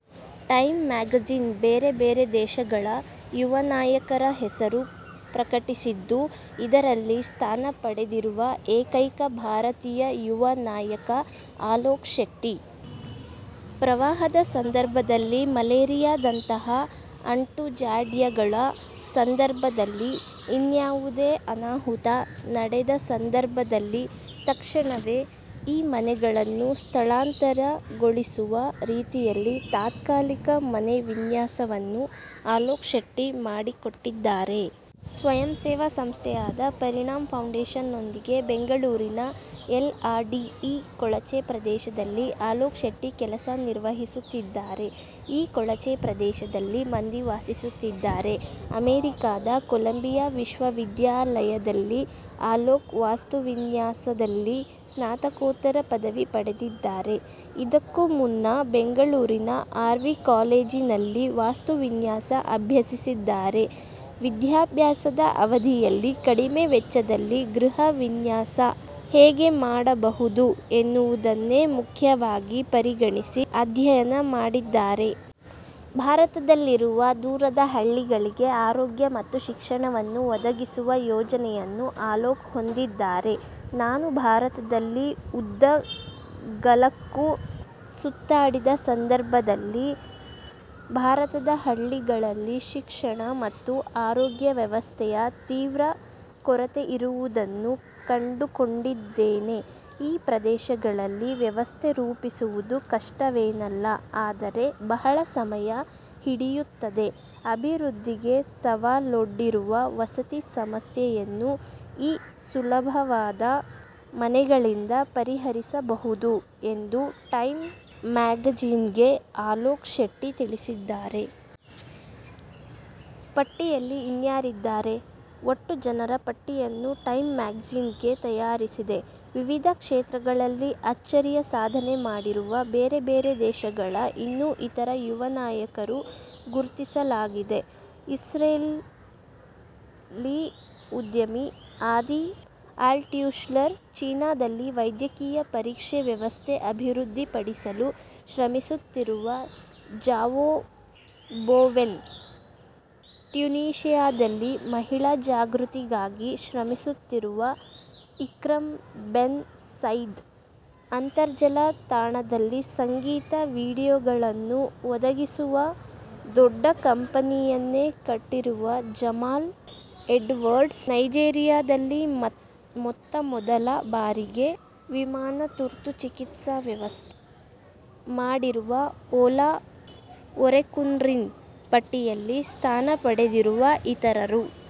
''''Time'' magazine ಬೇರೆಬೇರೆ ದೇಶಗಳ ಯುವನಾಯಕರ ಹೆಸರು ಪ್ರಕಟಿಸಿದ್ದು, ಇದರಲ್ಲಿ ಸ್ಥಾನಪಡೆದಿರುವ ಏಕೈಕ ಭಾರತೀಯ ಯುವ ನಾಯಕ ಅಲೋಕ್ ಶೆಟ್ಟಿ. ಪ್ರವಾಹದ ಸಂದರ್ಭದಲ್ಲಿ, ಮಲೇರಿಯಾದಂತಹ ಅಂಟುಜಾಡ್ಯಗಳ ಸಂದರ್ಭದಲ್ಲಿ, ಇನ್ಯಾವುದೇ ಅನಾಹುತ ನಡೆದ ಸಂದರ್ಭದಲ್ಲಿ ತಕ್ಷಣವೇ ಈ ಮನೆಗಳನ್ನು ಸ್ಥಳಾಂತರಗೊಳಿಸುವ ರೀತಿಯಲ್ಲಿ ತಾತ್ಕಾಲಿಕ ಮನೆ ವಿನ್ಯಾಸವನ್ನು ಅಲೋಕ್ ಶೆಟ್ಟಿ ಮಾಡಿಕೊಟ್ಟಿದ್ದಾರೆ. ಸ್ವಯಂಸೇವಾ ಸಂಸ್ಥೆಯಾದ ''''ಪರಿಣಾಮ್ ಫೌಂಡೇಶನ್''ನೊಂದಿಗೆ ಬೆಂಗಳೂರಿನ ಎಲ್ಆರ್ಡಿಇ ಕೊಳಚೆ ಪ್ರದೇಶದಲ್ಲಿ ಅಲೋಕ್ ಶೆಟ್ಟಿ ಕೆಲಸ ನಿರ್ವಹಿಸುತ್ತಿದ್ದಾರೆ. ಈ ಕೊಳಚೆ ಪ್ರದೇಶದಲ್ಲಿ ಮಂದಿ ವಾಸಿಸುತ್ತಿದ್ದಾರೆ. ಅಮೆರಿಕದ ಕೊಲಂಬಿಯಾ ವಿಶ್ವವಿದ್ಯಾಲಯದಲ್ಲಿ ಅಲೋಕ್ ವಾಸ್ತುವಿನ್ಯಾಸದಲ್ಲಿ ಸ್ನಾತಕೋತ್ತರ ಪದವಿ ಪಡೆದಿದ್ದಾರೆ. ಇದಕ್ಕೂ ಮುನ್ನ ಬೆಂಗಳೂರಿನ ಆರ್ವಿ ಕಾಲೇಜಿನಲ್ಲಿ ವಾಸ್ತುವಿನ್ಯಾಸ ಅಭ್ಯಸಿಸಿದ್ದಾರೆ. ವಿದ್ಯಾಭ್ಯಾಸದ ಅವಧಿಯಲ್ಲಿ ಕಡಿಮೆ ವೆಚ್ಚದಲ್ಲಿ ಗೃಹವಿನ್ಯಾಸ ಹೇಗೆ ಮಾಡಬಹುದು ಎನ್ನುವುದನ್ನೇ ಮುಖ್ಯವಾಗಿ ಪರಿಗಣಿಸಿ ಅಧ್ಯಯನ ಮಾಡಿದ್ದಾರೆ. ಭಾರತದಲ್ಲಿರುವ ದೂರದ ಹಳ್ಳಿಗಳಿಗೆ ಆರೋಗ್ಯ ಮತ್ತು ಶಿಕ್ಷಣವನ್ನು ಒದಗಿಸುವ ಯೋಜನೆಯನ್ನು ಅಲೋಕ್ ಹೊಂದಿದ್ದಾರೆ. ''''ನಾನು ಭಾರತದಲ್ಲಿ ಉದ್ದಗಲಕ್ಕೂ ಸುತ್ತಾಡಿದ ಸಂದರ್ಭದಲ್ಲಿ ಭಾರತದ ಹಳ್ಳಿಗಳಲ್ಲಿ ಶಿಕ್ಷಣ ಮತ್ತು ಆರೋಗ್ಯವ್ಯವಸ್ಥೆಯ ತೀವ್ರ ಕೊರತೆಯಿರುವುದನ್ನು ಕಂಡುಕೊಂಡಿದ್ದೇನೆ. ಈ ಪ್ರದೇಶಗಳಲ್ಲಿ ವ್ಯವಸ್ಥೆ ರೂಪಿಸುವುದು ಕಷ್ಟವೇನಲ್ಲ, ಆದರೆ ಬಹಳ ಸಮಯ ಹಿಡಿಯುತ್ತದೆ. ಅಭಿವೃದ್ಧಿಗೆ ಸವಾಲೊಡ್ಡಿರುವ ವಸತಿ ಸಮಸ್ಯೆಯನ್ನು ಈ ಸುಲಭವಾದ ಮನೆಗಳಿಂದ ಪರಿಹರಿಸಬಹುದು'' ಎಂದು ಟೈಮ್ ಮ್ಯಾಗಜಿನ್ಗೆ ಅಲೋಕ್ ಶೆಟ್ಟಿ ತಿಳಿಸಿದ್ದಾರೆ. ಪಟ್ಟಿಯಲ್ಲಿ ಇನ್ಯಾರಿದ್ದಾರೆ?: ಒಟ್ಟು ಜನರ ಪಟ್ಟಿಯನ್ನು ಟೈಮ್ ಮ್ಯಾಗಜಿನ್ ತಯಾರಿಸಿದೆ. ವಿವಿಧ ಕ್ಷೇತ್ರಗಳಲ್ಲಿ ಅಚ್ಚರಿಯ ಸಾಧನೆ ಮಾಡಿರುವ ಬೇರೆ ಬೇರೆ ದೇಶಗಳ ಇನ್ನೂ ಇತರ ಯುವನಾಯಕರು ಗುರ್ತಿಸಲಾಗಿದೆ. ಇಸ್ರೇಲಿ ಉದ್ಯಮಿ ಆದಿ ಆಲ್ಟ್ಶೂಲರ್, ಚೀನಾದಲ್ಲಿ ವೈದ್ಯಕೀಯ ಪರೀಕ್ಷೆ ವ್ಯವಸ್ಥೆ ಅಭಿವೃದ್ಧಿಪಡಿಸಲು ಶ್ರಮಿಸುತ್ತಿರುವ ಜಾವೋ ಬೊವೆನ್, ಟ್ಯುನೀಷಿಯಾದಲ್ಲಿ ಮಹಿಳಾ ಜಾಗೃತಿಗಾಗಿ ಶ್ರಮಿಸುತ್ತಿರುವ ಇಕ್ರಮ್ ಬೆನ್ ಸೈದ್, ಅಂತರ್ಜಾಲ ತಾಣದಲ್ಲಿ ಸಂಗೀತ ವೀಡಿಯೋಗಳನ್ನು ಒದಗಿಸುವ ದೊಡ್ಡ ಕಂಪನಿಯನ್ನೇ ಕಟ್ಟಿರುವ ಜಮಾಲ್ ಎಡ್ವರ್ಡ್ಸ್, ನೈಜೀರಿಯಾದಲ್ಲಿ ಮೊತ್ತಮೊದಲ ಬಾರಿಗೆ ವಿಮಾನ ತುರ್ತು ಚಿಕಿತ್ಸಾ ವ್ಯವಸ್ಥೆ ಮಾಡಿರುವ ಓಲಾ ಒರೆಕುನ್ರಿನ್ ಪಟ್ಟಿಯಲ್ಲಿ ಸ್ಥಾನಪಡೆದಿರುವ ಇತರರು.